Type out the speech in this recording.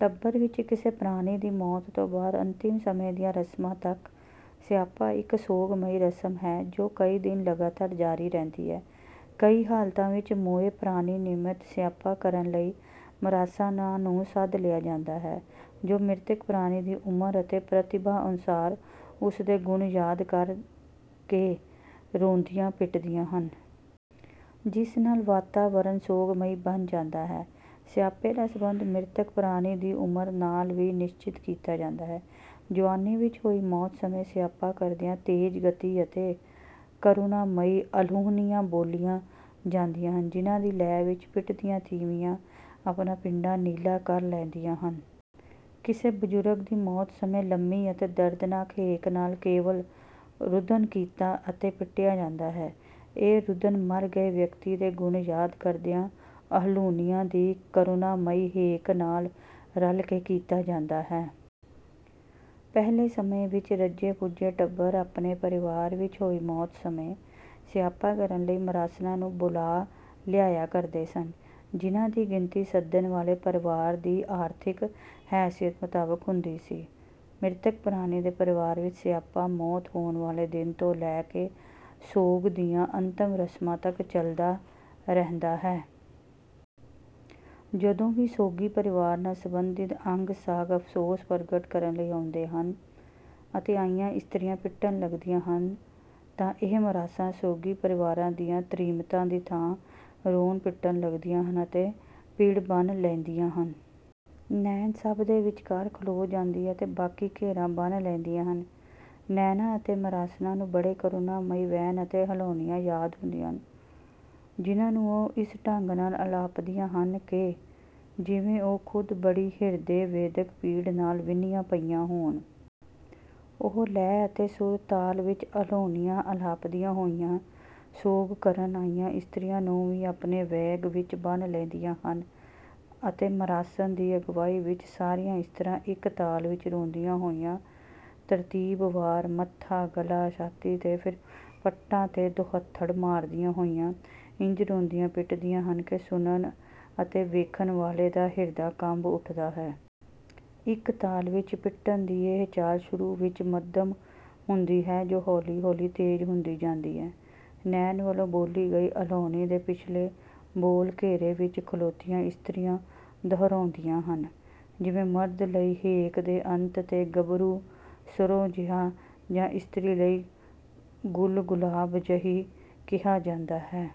ਟੱਬਰ ਵਿੱਚ ਕਿਸੇ ਪ੍ਰਾਣੀ ਦੀ ਮੌਤ ਤੋਂ ਬਾਅਦ ਅੰਤਿਮ ਸਮੇਂ ਦੀਆਂ ਰਸਮਾਂ ਤੱਕ 'ਸਿਆਪਾ' ਇੱਕ ਸੋਗਮਈ ਰਸਮ ਹੈ ਜੋ ਕਈ ਦਿਨ ਲਗਾਤਾਰ ਜਾਰੀ ਰਹਿੰਦੀ ਹੈ। ਕਈ ਹਾਲਤਾਂ ਵਿੱਚ ਮੋਏ ਪ੍ਰਾਣੀ ਨਿਮਿਤ ਸਿਆਪਾ ਕਰਨ ਲਈ ਮਰਾਸਣਾਂ ਨੂੰ ਸੱਦ ਲਿਆ ਜਾਂਦਾ ਹੈ ਜੋ ਮ੍ਰਿਤਕ ਪ੍ਰਾਣੀ ਦੀ ਉਮਰ ਅਤੇ ਪ੍ਰਤਿਭਾ ਅਨੁਸਾਰ, ਉਸ ਦੇ ਗੁਣ ਯਾਦ ਕਰ ਕੇ ਰੋਂਦੀਆਂ ਪਿੱਟਦੀਆਂ ਹਨ। ਜਿਸ ਨਾਲ ਵਾਤਾਵਰਨ ਸੋਗਮਈ ਬਣ ਜਾਂਦਾ ਹੈ। ਸਿਆਪੇ ਦਾ ਸੰਬੰਧ ਮ੍ਰਿਤਕ ਪ੍ਰਾਣੀ ਦੀ ਉਮਰ ਨਾਲ ਵੀ ਨਿਸ਼ਚਿਤ ਕੀਤਾ ਜਾਂਦਾ ਹੈ। ਜੁਆਨੀ ਵਿੱਚ ਹੋਈ ਮੌਤ ਸਮੇਂ ਸਿਆਪਾ ਕਰਦਿਆਂ ਤੇਜ਼ ਗਤੀ ਅਤੇ ਕਰੁਣਾਮਈ ਅਲਾਹੁਣੀਆਂ ਬੋਲੀਆਂ ਜਾਂਦੀਆਂ ਹਨ, ਜਿਨ੍ਹਾਂ ਦੀ ਲੈਅ ਵਿੱਚ ਪਿੱਟਦੀਆਂ ਤੀਵੀਆਂ ਆਪਣਾ ਪਿੰਡਾ ਨੀਲਾ ਕਰ ਲੈਂਦੀਆਂ ਹਨ। ਕਿਸੇ ਬਜ਼ੁਰਗ ਦੀ ਮੌਤ ਸਮੇਂ ਲੰਮੀ ਅਤੇ ਦਰਦਨਾਕ ਹੇਕ ਨਾਲ ਕੇਵਲ ਰੁਦਨ ਕੀਤਾ ਅਤੇ ਪਿੱਟਿਆ ਜਾਂਦਾ ਹੈ। ਇਹ ਰੁਦਨ ਮਰ ਗਏ ਵਿਅਕਤੀ ਦੇ ਗੁਣ ਯਾਦ ਕਰਦਿਆਂ ਅਲਾਹੁਣੀਆਂ ਦੀ ਕਰੁਣਾਮਈ ਹੇਕ ਨਾਲ ਰਲ ਕੇ ਕੀਤਾ ਜਾਂਦਾ ਹੈ। ਪਹਿਲੇ ਸਮਿਆਂ ਵਿੱਚ ਰੱਜੇ-ਪੁੱਜੇ ਟੱਬਰ ਆਪਣੇ ਪਰਿਵਾਰ ਵਿੱਚ ਹੋਈ ਮੌਤ ਸਮੇਂ ਸਿਆਪਾ ਕਰਨ ਲਈ ਮਰਾਸਣਾਂ ਨੂੰ ਬੁਲਾ ਲਿਆਇਆ ਕਰਦੇ ਸਨ। ਜਿਨ੍ਹਾਂ ਦੀ ਗਿਣਤੀ ਸੱਦਣ ਵਾਲੇ ਪਰਿਵਾਰ ਦੀ ਆਰਥਿਕ ਹੈਸੀਅਤ ਮੁਤਾਬਕ ਹੁੰਦੀ ਸੀ। ਮ੍ਰਿਤਕ ਪ੍ਰਾਣੀ ਦੇ ਪਰਿਵਾਰ ਵਿੱਚ ਸਿਆਪਾ, ਮੌਤ ਹੋਣ ਵਾਲੇ ਦਿਨ ਤੋਂ ਲੈ ਕੇ ਸੋਗ ਦੀਆਂ ਅੰਤਿਮ ਰਸਮਾਂ ਤੱਕ ਚੱਲਦਾ ਰਹਿੰਦਾ ਹੈ। ਜਦੋਂ ਵੀ ਸੋਗੀ ਪਰਿਵਾਰ ਨਾਲ ਸੰਬੰਧਿਤ ਅੰਗ-ਸਾਕ ਅਫ਼ਸੋਸ ਪ੍ਰਗਟ ਕਰਨ ਲਈ ਆਉਂਦੇ ਹਨ ਅਤੇ ਆਈਆਂ ਇਸਤਰੀਆਂ ਪਿੱਟਣ ਲੱਗਦੀਆਂ ਹਨ ਤਾਂ ਇਹ ਮਰਾਸਣਾਂ, ਸੋਗੀ ਪਰਿਵਾਰ ਦੀਆਂ ਤ੍ਰੀਮਤਾਂ ਦੀ ਥਾਂ ਰੋਣ-ਪਿੱਟਣ ਲੱਗਦੀਆਂ ਹਨ ਅਤੇ ਪਿੜ ਬੰਨ੍ਹ ਲੈਂਦੀਆਂ ਹਨ। ਨੈਣ ਸਭ ਦੇ ਵਿਚਕਾਰ ਖਲੋ ਜਾਂਦੀ ਹੈ ਅਤੇ ਬਾਕੀ ਘੇਰਾ ਬੰਨ੍ਹ ਲੈਂਦੀਆਂ ਹਨ। ਨੈਣਾਂ ਅਤੇ ਮਰਾਸਣਾਂ ਨੂੰ ਬੜੇ ਕਰੁਣਾਮਈ ਵੈਣ ਅਤੇ ਅਲਾਹੁਣੀਆਂ ਯਾਦ ਹੁੰਦੀਆਂ ਹਨ ਜਿਨ੍ਹਾਂ ਨੂੰ ਉਹ ਇਸ ਢੰਗ ਨਾਲ ਅਲਾਪਦੀਆਂ ਹਨ ਕਿ ਜਿਵੇਂ ਉਹ ਖ਼ੁਦ ਬੜੀ ਹਿਰਦੇਵੇਦਕ ਪੀੜ ਨਾਲ ਵਿੰਨ੍ਹੀਆਂ ਪਈਆਂ ਹੋਣ। ਉਹ ਲੈਅ ਅਤੇ ਸੁਰ-ਤਾਲ ਵਿੱਚ ਅਲਾਹੁਣੀਆਂ ਅਲਾਪਦੀਆਂ ਹੋਈਆਂ ਸੋਗ ਕਰਨ ਆਈਆਂ ਇਸਤਰੀਆਂ ਨੂੰ ਵੀ ਆਪਣੇ ਵੇਗ ਵਿੱਚ ਬੰਨ੍ਹ ਲੈਂਦੀਆਂ ਹਨ ਅਤੇ ਮਰਾਸਣ ਦੀ ਅਗਵਾਈ ਵਿੱਚ ਸਾਰੀਆਂ ਇਸਤਰੀਆਂ ਇੱਕ ਤਾਲ ਵਿੱਚ ਰੋਂਦੀਆਂ ਹੋਈਆਂ ਤਰਤੀਬਵਾਰ, ਮੱਥਾ, ਗੱਲ੍ਹਾਂ, ਛਾਤੀ ਤੇ ਫਿਰ ਪੱਟਾਂ ਤੇ ਦੁਹੱਥੜ ਮਾਰਦੀਆਂ ਹੋਈਆਂ ਇੰਝ ਰੋਂਦੀਆਂ ਪਿੱਟਦੀਆਂ ਹਨ ਕਿ ਸੁਣਨ ਅਤੇ ਵੇਖਣ ਵਾਲੇ ਦਾ ਹਿਰਦਾ ਕੰਬ ਉੱਠਦਾ ਹੈ। ਇੱਕ ਤਾਲ ਵਿੱਚ ਪਿੱਟਣ ਦੀ ਇਹ ਚਾਲ ਸ਼ੁਰੂ ਵਿੱਚ ਮੱਧਮ ਹੁੰਦੀ ਹੈ ਜੋ ਹੌਲੀ-ਹੌਲੀ ਤੇਜ਼ ਹੁੰਦੀ ਜਾਂਦੀ ਹੈ। ਨੈਣ ਵੱਲੋਂ ਬੋਲੀ ਗਈ ਅਲਾਹੁਣੀ ਦੇ ਪਿਛਲੇ ਬੋਲ ਘੇਰੇ ਵਿੱਚ ਖਲੋਤੀਆਂ ਇਸਤਰੀਆਂ ਦੁਹਰਾਉਂਦੀਆਂ ਹਨ। ਜਿਵੇਂ ਮਰਦ ਲਈ ਹੇਕ ਦੇ ਅੰਤ 'ਤੇ 'ਗੱਭਰੂ ਸਰੂ ਜਿਹਾ' ਜਾਂ ਇਸਤਰੀ ਲਈ 'ਗੁੱਲ ਗੁਲਾਬ ਜਿਹੀ' ਕਿਹਾ ਜਾਂਦਾ ਹੈ।